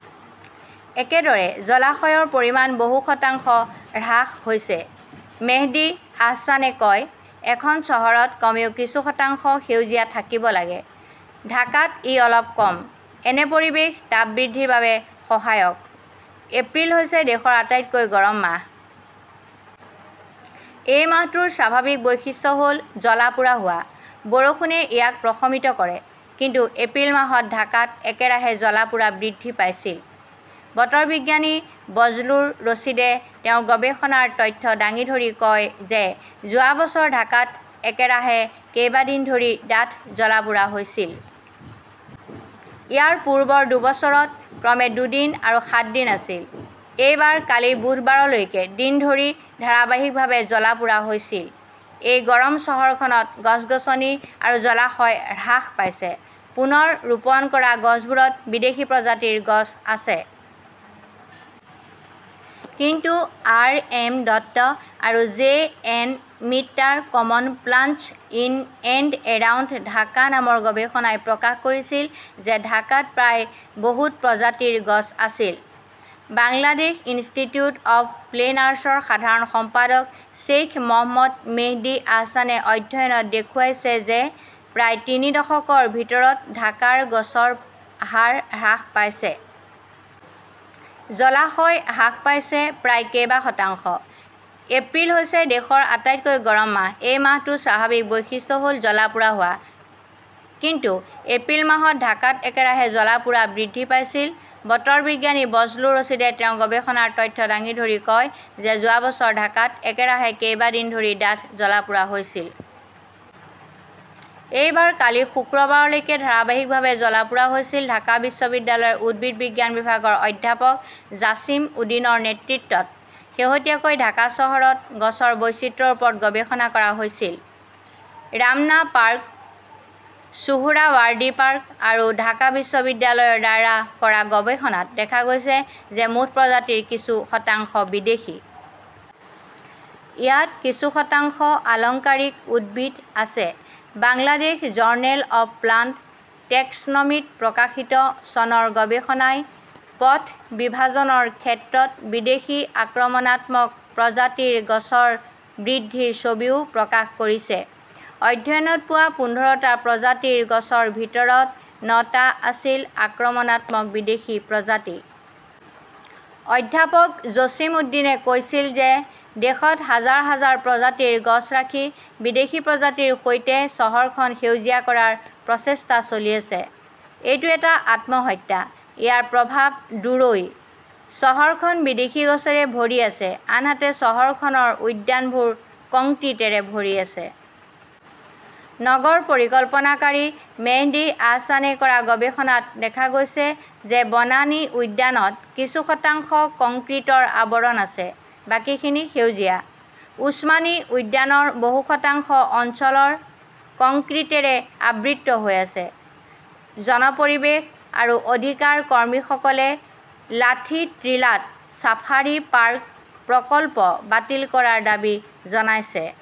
একেদৰে, জলাশয়ৰ পৰিমাণ বহু শতাংশ হ্ৰাস হৈছে। মেহদী আহছানে কয়, এখন চহৰত কমেও কিছু শতাংশ সেউজীয়া থাকিব লাগে। ঢাকাত ই অলপ কম। এনে পৰিৱেশ তাপ বৃদ্ধিৰ বাবে সহায়ক। এপ্ৰিল হৈছে দেশৰ আটাইতকৈ গৰম মাহ। এই মাহটোৰ স্বাভাৱিক বৈশিষ্ট্য হ'ল জ্বলা-পোৰা হোৱা। বৰষুণে ইয়াক প্ৰশমিত কৰে। কিন্তু এপ্ৰিল মাহত ঢাকাত একেৰাহে জ্বলা-পোৰা বৃদ্ধি পাইছিল। বতৰ বিজ্ঞানী বজলুৰ ৰছিদে তেওঁৰ গৱেষণাৰ তথ্য দাঙি ধৰি কয় যে যোৱা বছৰ ঢাকাত একেৰাহে কেইবা‌ দিন ধৰি ডাঠ জ্বলা-পোৰা হৈছিল। ইয়াৰ পূৰ্বৰ দুবছৰত ক্ৰমে দুদিন আৰু সাত দিন আছিল। এইবাৰ কালি বুধবাৰলৈকে দিন ধৰি ধাৰাবাহিকভাৱে জ্বলা-পোৰা হৈছিল। এই গৰম চহৰখনত গছ-গছনি আৰু জলাশয় হ্ৰাস পাইছে। পুনৰ ৰোপণ কৰা গছবোৰত বিদেশী প্ৰজাতিৰ গছ আছে। কিন্তু আৰ. এম. দত্ত আৰু জে. এন. মিত্ৰাৰ common plants in and around Dhaka নামৰ গৱেষণাই প্ৰকাশ কৰিছিল যে ঢাকাত প্ৰায় বহুত‌ প্ৰজাতিৰ গছ আছিল। বাংলাদেশ ইনষ্টিটিউট অৱ প্লেনাৰ্ছৰ সাধাৰণ সম্পাদক শ্বেইখ মহম্মদ মেহদী আহছানে অধ্যয়নত দেখুৱাইছে যে প্ৰায় তিনি দশকৰ ভিতৰত ঢাকাৰ গছৰ হাৰ হ্ৰাস পাইছে। জলাশয় হ্ৰাস পাইছে প্ৰায় কেইবা শতাংশ। এপ্ৰিল হৈছে দেশৰ আটাইতকৈ গৰম মাহ। এই মাহটোৰ স্বাভাৱিক বৈশিষ্ট্য হ'ল জ্বলা-পোৰা হোৱা। কিন্তু এপ্ৰিল মাহত ঢাকাত একেৰাহে জ্বলা-পোৰা বৃদ্ধি পাইছিল। বতৰ বিজ্ঞানী বজলুৰ ৰছিদে তেওঁৰ গৱেষণাৰ তথ্য দাঙি ধৰি কয় যে যোৱা বছৰ ঢাকাত একেৰাহে কেইবা দিন ধৰি ডাঠ জ্বলা-পোৰা হৈছিল। এইবাৰ কালি শুক্ৰবাৰলৈকে ধাৰাবাহিকভাৱে জ্বলা-পোৰা হৈছিল। ঢাকা বিশ্ববিদ্যালয়ৰ উদ্ভিদ বিজ্ঞান বিভাগৰ অধ্যাপক জাছিম উদিনৰ নেতৃত্বত শেহতীয়াকৈ ঢাকা চহৰত গছৰ বৈচিত্ৰ্যৰ ওপৰত গৱেষণা কৰা হৈছিল। ৰামনা পাৰ্ক, সোহৰাৱাৰ্ডি পাৰ্ক আৰু ঢাকা বিশ্ববিদ্যালয়ৰ দ্বাৰা কৰা গৱেষণাত দেখা গৈছে যে‌ মুঠ প্ৰজাতিৰ কিছু শতাংশ বিদেশী। ইয়াত কিছু শতাংশ আলংকাৰিক উদ্ভিদ আছে। বাংলাদেশ জৰ্নেল অৱ প্লাণ্ট টেক্সনমীত প্ৰকাশিত চনৰ গৱেষণাই পথ বিভাজনৰ ক্ষেত্ৰত বিদেশী আক্ৰমণাত্মক প্ৰজাতিৰ গছৰ বৃদ্ধিৰ ছবিও প্ৰকাশ কৰিছে। অধ্যয়নত পোৱা পোন্ধৰটা প্ৰজাতিৰ গছৰ ভিতৰত নটা আছিল আক্ৰমণাত্মক বিদেশী প্ৰজাতি। অধ্যাপক জছিম উদ্দিনে কৈছিল যে দেশত হাজাৰ হাজাৰ প্ৰজাতিৰ গছ ৰাখি বিদেশী প্ৰজাতিৰ সৈতে চহৰখন সেউজীয়া কৰাৰ প্ৰচেষ্টা চলি আছে। এইটো এটা আত্মহত্যা। ইয়াৰ প্ৰভাৱ দূৰৈৰ। চহৰখন বিদেশী গছৰে ভৰি আছে, আনহাতে চহৰখনৰ উদ্যানবোৰ কংক্ৰিটেৰে ভৰি আছে। নগৰ পৰিকল্পনাকাৰী মেহদী আহছানে কৰা গৱেষণাত দেখা গৈছে যে বনানী উদ্যানত কিছু শতাংশ কংক্ৰিটৰ আৱৰণ আছে, বাকীখিনি সেউজীয়া। ওছমানী উদ্যানৰ বহু শতাংশ অঞ্চলৰ কংক্ৰিটেৰে আবৃত হৈ আছে। জন পৰিৱেশ আৰু অধিকাৰ কৰ্মীসকলে লাথিট্টিলাত ছাফাৰী পাৰ্ক প্ৰকল্প বাতিল কৰাৰ দাবী জনাইছে।